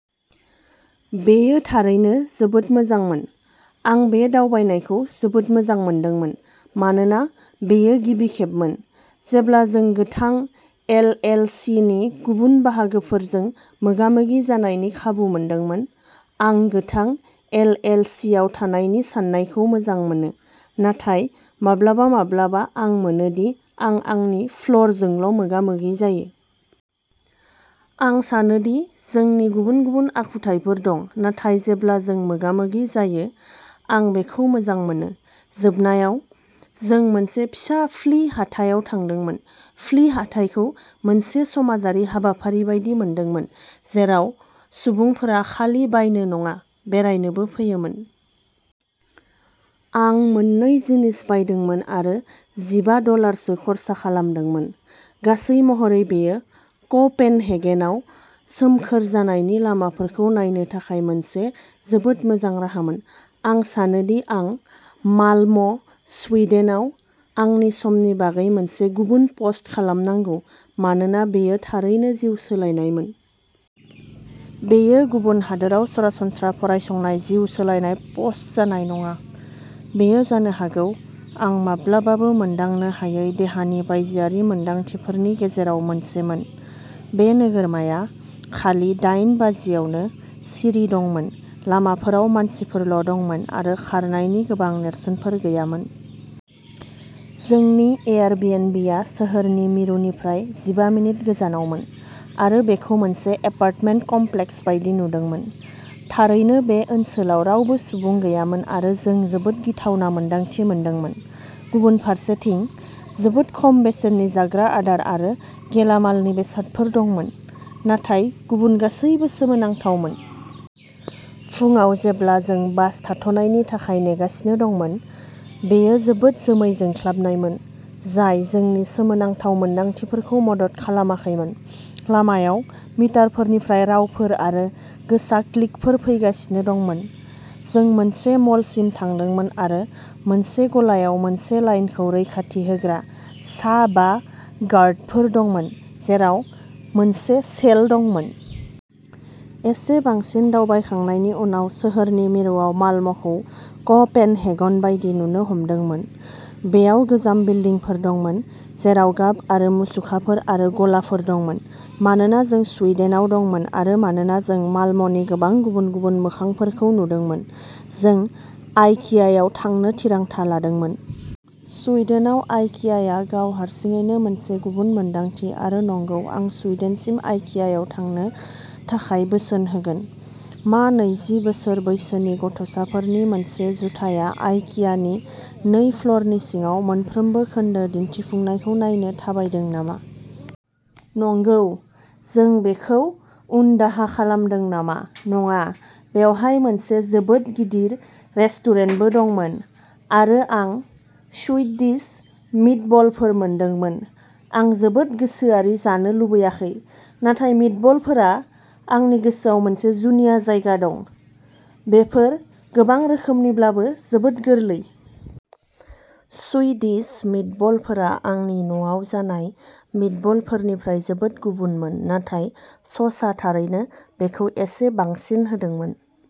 बेयो थारैनो जोबोद मोजांमोन। आं बे दावबायनायखौ जोबोद मोजां मोनदोंमोन, मानोना बेयो गिबि खेबमोन। जेब्ला जों गोथां एल. एल. सि. नि गुबुन बाहागोफोरजों मोगा-मोगि जानायनि खाबु मोनदोंमोन। आं गोथां एल. एल. सि. आव थानायनि साननायखौ मोजां मोनो, नाथाय माब्लाबा माब्लाबा आं मोनो दि आं आंनि फ्ल'रजोंल'मोगामोगि जायो। आं सानोदि जोंनि गुबुन गुबुन आखुथायफोर दं, नाथाय जेब्ला जों मोगामोगि जायो, आं बेखौ मोजां मोनो। जोबनायाव, जों मोनसे फिसा फ्लि हाथायाव थांदोंमोन। फ्लि हाथायखौ मोनसे समाजारि हाबाफारि बायदि मोनदोंमोन जेराव सुबुंफोरा खालि बायनो नङा, बेरायनोबो फैयोमोन। आं मोननै जिनिस बायदोंमोन आरो जिबा डलारसो खर्सा खालामदोंमोन। गासै महरै बेयो क'पेनहेगेनआव सोमखोर जानायनि लामाफोरखौ नायनो थाखाय मोनसे जोबोद मोजां राहामोन। आं सानोदि आं माल्म' सुइडेनआव आंनि समनि बागै मोनसे गुबुन पस्ट खालामनांगौ मानोना बेयो थारैनो जिउ सोलायनायमोन। बेयो गुबुन हादोराव सरासनस्रा फरायसंनाय जिउ सोलायनाय पस्ट जानाय नङा। बेयो जानो हागौ आं माब्लाबाबो मोनदांनो हायै देहानि बायजोआरि मोनदांथिफोरनि गेजेराव मोनसेमोन। बे नोगोरमाया खालि दाइन बाजियावनो सिरि दंमोन। लामाफोराव मानसिफोरल' दंमोन आरो खारनायनि गोबां नेरसोनफोर गैयामोन। जोंनि एयारबिएनबिआ सोहोरनि मिरुनिफ्राय जिबा मिनिट गोजानावमोन आरो बेखौ मोनसे एपार्टमेन्ट कमप्लेक्स बायदि नुदोंमोन। थारैनो बे ओनसोलाव रावबो सुबुं गैयामोन आरो जों जोबोद गिथावना मोनदांथि मोनदोंमोन। गुबुन फारसेथिं, जोबोद खम बेसेननि जाग्रा आदार आरो गेलामालनि बेसादफोर दंमोन, नाथाय गुबुन गासैबो सोमोनांथावमोन। फुङाव जेब्ला जों बास थाथ'नायनि थाखाय नेगासिनो दंमोन, बेयो जोबोद जोमै जोंख्लाबनायमोन जाय जोंनि सोमोनांथाव मोन्दांथिफोरखौ मदद खालामाखैमोन। लामायाव मिटारफोरनिफ्राय रावफोर आरो गोसा क्लिकफोर फैगासिनो दंमोन। जों मोनसे मलसिम थांदोंमोन आरो मोनसे गलायाव मोनसे लाइनखौ रैखाथि होग्रा सा बा गार्डफोर दंमोन, जेराव मोनसे सेल दंमोन। एसे बांसिन दावबायखांनायनि उनाव सोहोरनि मिरुआव माल्म'खौ क'पेनहेगन बायदि नुनो हमदोंमोन। बेयाव गोजाम बिल्डिंफोर दंमोन, जेराव गाब आरो मुसुखाफोर आरो गलाफोर दंमोन। मानोना जों सुइडेनाव दंमोन आरो मानोना जों माल्म'नि गोबां गुबुन गुबुन मोखांफोरखौ नुदोंमोन, जों आइकियाआव थांनो थिरांथा लादोंमोन। सुइडेनाव आइकियाआ गाव हारसिङैनो मोनसे गुबुन मोन्दांथि आरो नंगौ आं सुइडेनसिम आइकियाआव थांनो थाखाय बोसोन होगोन। मा नैजि बोसोर बैसोनि गथ'साफोरनि मोनसे जुथाया आइकियानि नै फ्ल'रनि सिङाव मोनफ्रोमबो खोन्दो दिन्थिफुंनायखौ नायनो थाबायदों नामा? नंगौ जों बेखौ उन दाहा खालामदों नामा? नङा बेवहाय मोनसे जोबोद गिदिर रेस्टुरेन्टबो दंमोन आरो आं सुइडिश मिटबलफोर मोनदोंमोन। आं जोबोद गोसोआरि जानो लुबैयाखै, नाथाय मिटबलफोरा आंनि गोसोआव मोनसे जुनिया जायगा दं। बेफोर गोबां रोखोमनिब्लाबो जोबोद गोरलै। सुइडिश मिटबलफोरा आंनि न'आव जानाय मिटबलफोरनिफ्राय जोबोद गुबुनमोन नाथाय ससआ थारैनो बेखौ एसे बांसिन होदोंमोन।